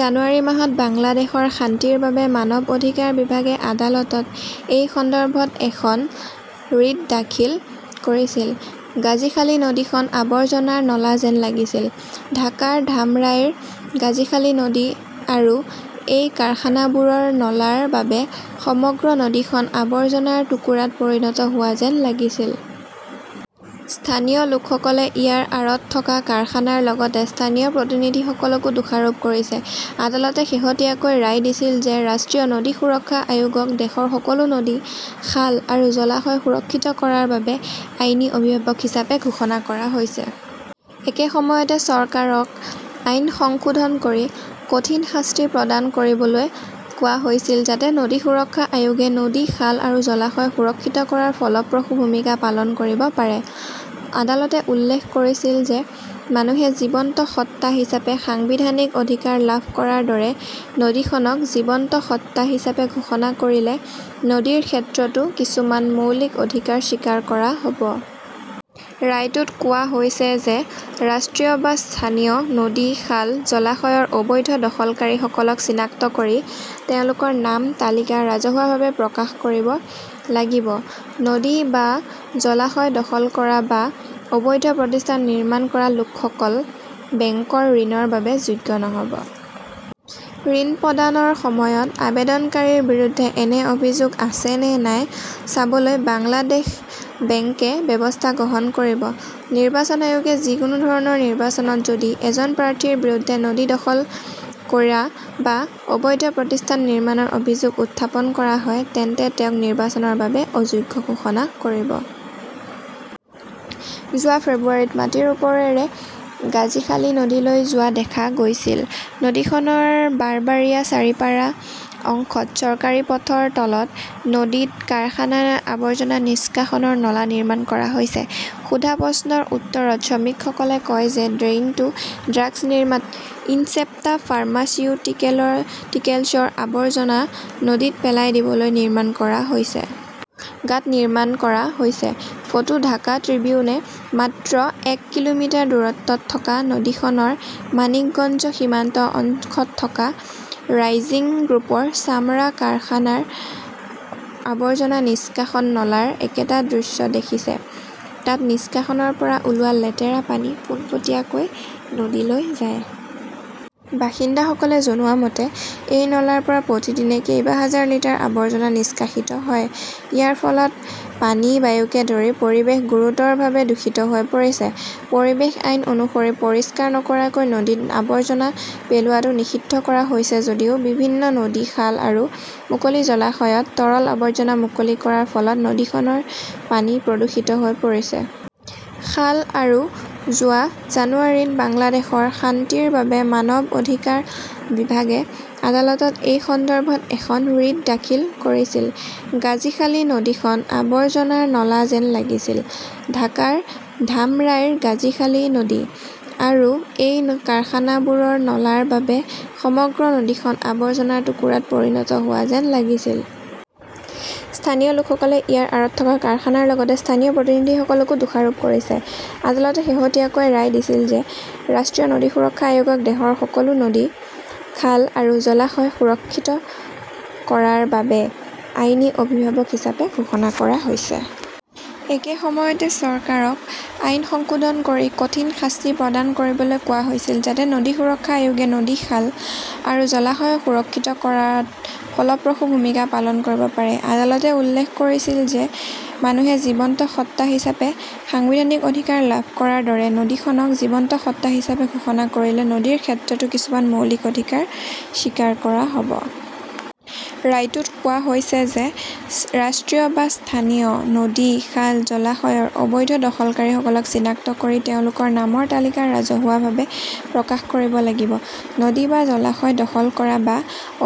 জানুৱাৰী মাহত বাংলাদেশৰ শান্তিৰ বাবে মানৱ অধিকাৰ বিভাগে আদালতত এই সন্দৰ্ভত এখন ৰিট দাখিল কৰিছিল। গাজীখালী নদীখন আৱৰ্জনাৰ নলা যেন লাগিছিল। ঢাকাৰ ধামৰাইৰ গাজীখালী নদী, আৰু এই কাৰখানাবোৰৰ নলাৰ বাবে সমগ্ৰ নদীখন আৱৰ্জনাৰ টুকুৰাত পৰিণত হোৱা যেন লাগিছিল। স্থানীয় লোকসকলে ইয়াৰ আৰত থকা কাৰখানাৰ লগতে স্থানীয় প্ৰতিনিধিসকলকো দোষাৰোপ কৰিছে। আদালতে শেহতীয়াকৈ ৰায় দিছিল যে ৰাষ্ট্ৰীয় নদী সুৰক্ষা আয়োগক দেশৰ সকলো নদী, খাল আৰু জলাশয় সুৰক্ষিত কৰাৰ বাবে 'আইনী অভিভাৱক হিচাপে ঘোষণা কৰা হৈছে। একে সময়তে, চৰকাৰক আইন সংশোধন কৰি 'কঠিন শাস্তি প্ৰদান কৰিবলৈ কোৱা হৈছিল যাতে নদী সুৰক্ষা আয়োগে নদী, খাল আৰু জলাশয় সুৰক্ষিত কৰাত ফলপ্ৰসূ ভূমিকা পালন কৰিব পাৰে। আদালতে উল্লেখ কৰিছিল যে মানুহে জীৱন্ত সত্তা হিচাপে সাংবিধানিক অধিকাৰ লাভ কৰাৰ দৰে, নদীখনক 'জীৱন্ত সত্তা হিচাপে ঘোষণা কৰিলে নদীৰ ক্ষেত্ৰতো কিছুমান মৌলিক অধিকাৰ স্বীকাৰ কৰা হ'ব। ৰায়টোত কোৱা হৈছে যে ৰাষ্ট্ৰীয় বা স্থানীয়- নদী, খাল, জলাশয়ৰ অবৈধ দখলকাৰীসকলক চিনাক্ত কৰি তেওঁলোকৰ নামৰ তালিকা ৰাজহুৱাভাৱে প্ৰকাশ কৰিব লাগিব। নদী বা জলাশয় দখল কৰা বা অবৈধ প্ৰতিষ্ঠান নিৰ্মাণ কৰা লোকসকল বেংকৰ ঋণৰ বাবে যোগ্য নহ 'ব। ঋণ প্ৰদানৰ সময়ত আবেদনকাৰীৰ বিৰুদ্ধে এনে অভিযোগ আছে নে নাই চাবলৈ বাংলাদেশ বেংকে ব্যৱস্থা গ্ৰহণ কৰিব।. নিৰ্বাচন আয়োগে যিকোনো ধৰণৰ নিৰ্বাচনত যদি এজন প্ৰাৰ্থীৰ বিৰুদ্ধে নদী দখল কৰা বা অবৈধ প্ৰতিষ্ঠান নিৰ্মাণৰ অভিযোগ উত্থাপন কৰা হয় তেন্তে তেওঁক নিৰ্বাচনৰ বাবে অযোগ্য ঘোষণা কৰিব। যোৱা ফেব্ৰুৱাৰীত মাটিৰ ওপৰেৰে গাজীখালী নদীলৈ যোৱা দেখা গৈছিল, নদীখনৰ বাৰবাৰিয়া-চাৰিপাৰা অংশত চৰকাৰী পথৰ তলত নদীত কাৰখানাৰ আৱৰ্জনা নিষ্কাশনৰ নলা নিৰ্মাণ কৰা হৈছে। সোধা প্ৰশ্নৰ উত্তৰত শ্ৰমিকসকলে কয় যে ড্ৰেইনটো ড্ৰাগছ নিৰ্মাতা ইনচেপ্টা ফাৰ্মাচিউটিকেলছৰ আৱৰ্জনা নদীত পেলাই দিবলৈ নিৰ্মাণ কৰা হৈছে। গাঁত নিৰ্মাণ কৰা হৈছে। ফটো ঢাকা ট্ৰিবিউনে মাত্ৰ এক কিলোমিটাৰ দূৰত্বত থকা নদীখনৰ মানিকগঞ্জ সীমান্ত অংশত থকা ৰাইজিং গ্ৰুপৰ চামৰা কাৰখানাৰ আৱৰ্জনা নিষ্কাশন নলাৰ একেটা দৃশ্য দেখিছে। তাত নিষ্কাশনৰ পৰা ওলোৱা লেতেৰা পানী পোনপটীয়াকৈ নদীলৈ যায়। বাসিন্দাসকলে জনোৱা মতে এই নলাৰ পৰা প্ৰতিদিনে কেইবা হাজাৰ লিটাৰ আৱৰ্জনা নিষ্কাশিত হয়। ইয়াৰ ফলত পানী, বায়ুকে ধৰি পৰিৱেশ গুৰুতৰভাৱে দূষিত হৈ পৰিছে। পৰিৱেশ আইন অনুসৰি, পৰিষ্কাৰ নকৰাকৈ নদীত আৱৰ্জনা পেলোৱাটো নিষিদ্ধ কৰা হৈছে যদিও বিভিন্ন নদী, খাল আৰু মুকলি জলাশয়ত তৰল আৱৰ্জনা মুকলি কৰাৰ ফলত নদীখনৰ পানী প্ৰদূষিত হৈ পৰিছে। খাল আৰু"যোৱা জানুৱাৰীত বাংলাদেশৰ শান্তিৰ বাবে মানৱ অধিকাৰ বিভাগে আদালতত এই সন্দৰ্ভত এখন ৰিট দাখিল কৰিছিল। গাজীখালী নদীখন আৱৰ্জনাৰ নলা যেন লাগিছিল! ঢাকাৰ ধামৰাইৰ গাজীখালী নদী। আৰু এই কাৰখানাবোৰৰ নলাৰ বাবে সমগ্ৰ নদীখন আৱৰ্জনাৰ টুকুৰাত পৰিণত হোৱা যেন লাগিছিল। স্থানীয় লোকসকলে ইয়াৰ আঁৰত থকা কাৰখানাৰ লগতে স্থানীয় প্ৰতিনিধিসকলকো দোষাৰোপ কৰিছে। আদালতে শেহতীয়াকৈ ৰায় দিছিল যে ৰাষ্ট্ৰীয় নদী সুৰক্ষা আয়োগক দেশৰ সকলো নদী, খাল আৰু জলাশয় সুৰক্ষিত কৰাৰ বাবে 'আইনী অভিভাৱক ""হিচাপে ঘোষণা কৰা হৈছে। একে সময়তে, চৰকাৰক আইন সংশোধন কৰি 'কঠিন শাস্তি ""প্ৰদান কৰিবলৈ কোৱা হৈছিল যাতে নদী সুৰক্ষা আয়োগে নদী, খাল আৰু জলাশয় সুৰক্ষিত কৰাত ফলপ্ৰসূ ভূমিকা পালন কৰিব পাৰে। আদালতে উল্লেখ কৰিছিল যে মানুহে জীৱন্ত সত্তা হিচাপে সাংবিধানিক অধিকাৰ লাভ কৰাৰ দৰে, নদীখনক 'জীৱন্ত সত্তা ""হিচাপে ঘোষণা কৰিলে নদীৰ ক্ষেত্ৰতো কিছুমান মৌলিক অধিকাৰ স্বীকাৰ কৰা হ' ব। ৰায়টোত কোৱা হৈছে যে ৰাষ্ট্ৰীয় বা স্থানীয়-. নদী, খাল, জলাশয়ৰ অবৈধ দখলকাৰীসকলক চিনাক্ত কৰি তেওঁলোকৰ নামৰ তালিকা ৰাজহুৱাভাৱে প্ৰকাশ কৰিব লাগিব।. নদী বা জলাশয় দখল কৰা বা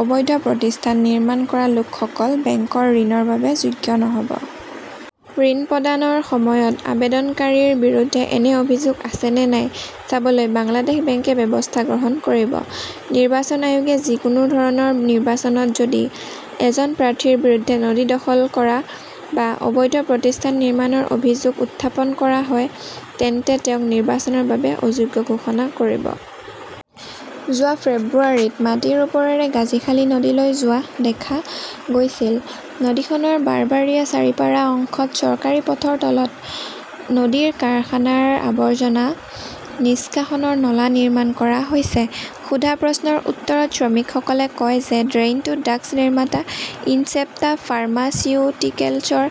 অবৈধ প্ৰতিষ্ঠান নিৰ্মাণ কৰা লোকসকল বেংকৰ ঋণৰ বাবে যোগ্য নহ 'ব। ঋণ প্ৰদানৰ সময়ত আবেদনকাৰীৰ বিৰুদ্ধে এনে অভিযোগ আছে নে নাই চাবলৈ বাংলাদেশ বেংকে ব্যৱস্থা গ্ৰহণ কৰিব।. নিৰ্বাচন আয়োগে যিকোনো ধৰণৰ নিৰ্বাচনত যদি এজন প্ৰাৰ্থীৰ বিৰুদ্ধে নদী দখল কৰা বা অবৈধ প্ৰতিষ্ঠান নিৰ্মাণৰ অভিযোগ উত্থাপন কৰা হয় তেন্তে তেওঁক নিৰ্বাচনৰ বাবে অযোগ্য ঘোষণা কৰিব। যোৱা ফেব্ৰুৱাৰীত মাটিৰ ওপৰেৰে গাজীখালী নদীলৈ যোৱা দেখা গৈছিল, নদীখনৰ বাৰবাৰিয়া-চাৰিপাৰা অংশত চৰকাৰী পথৰ তলত নদীত কাৰখানাৰ আৱৰ্জনা নিষ্কাশনৰ নলা নিৰ্মাণ কৰা হৈছে। সোধা প্ৰশ্নৰ উত্তৰত শ্ৰমিকসকলে কয় যে ড্ৰেইনটো ড্ৰাগছ নিৰ্মাতা ইনচেপ্টা ফাৰ্মাচিউটিকেলছৰ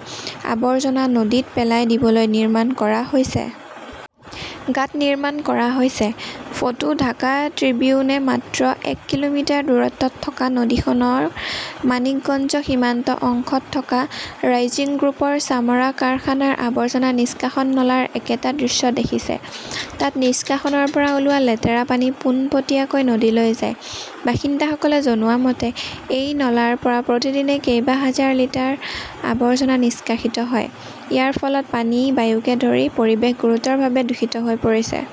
আৱৰ্জনা নদীত পেলাই দিবলৈ নিৰ্মাণ কৰা হৈছে। গাঁত নিৰ্মাণ কৰা হৈছে। ফটো ,ঢাকা ট্ৰিবিউনে মাত্ৰ এক কিলোমিটাৰ দূৰত্বত থকা নদীখনৰ মানিকগঞ্জ সীমান্ত অংশত থকা ৰাইজিং গ্ৰুপৰ চামৰা কাৰখানাৰ আৱৰ্জনা নিষ্কাশন নলাৰ একেটা দৃশ্য দেখিছে। তাত নিষ্কাশনৰ পৰা ওলোৱা লেতেৰা পানী পোনপটীয়াকৈ নদীলৈ যায়। বাসিন্দাসকলে জনোৱা মতে এই নলাৰ পৰা প্ৰতিদিনে কেইবা হাজাৰ লিটাৰ আৱৰ্জনা নিষ্কাশিত হয়। ইয়াৰ ফলত পানী, বায়ুকে ধৰি পৰিৱেশ গুৰুতৰভাৱে দূষিত হৈ পৰিছে।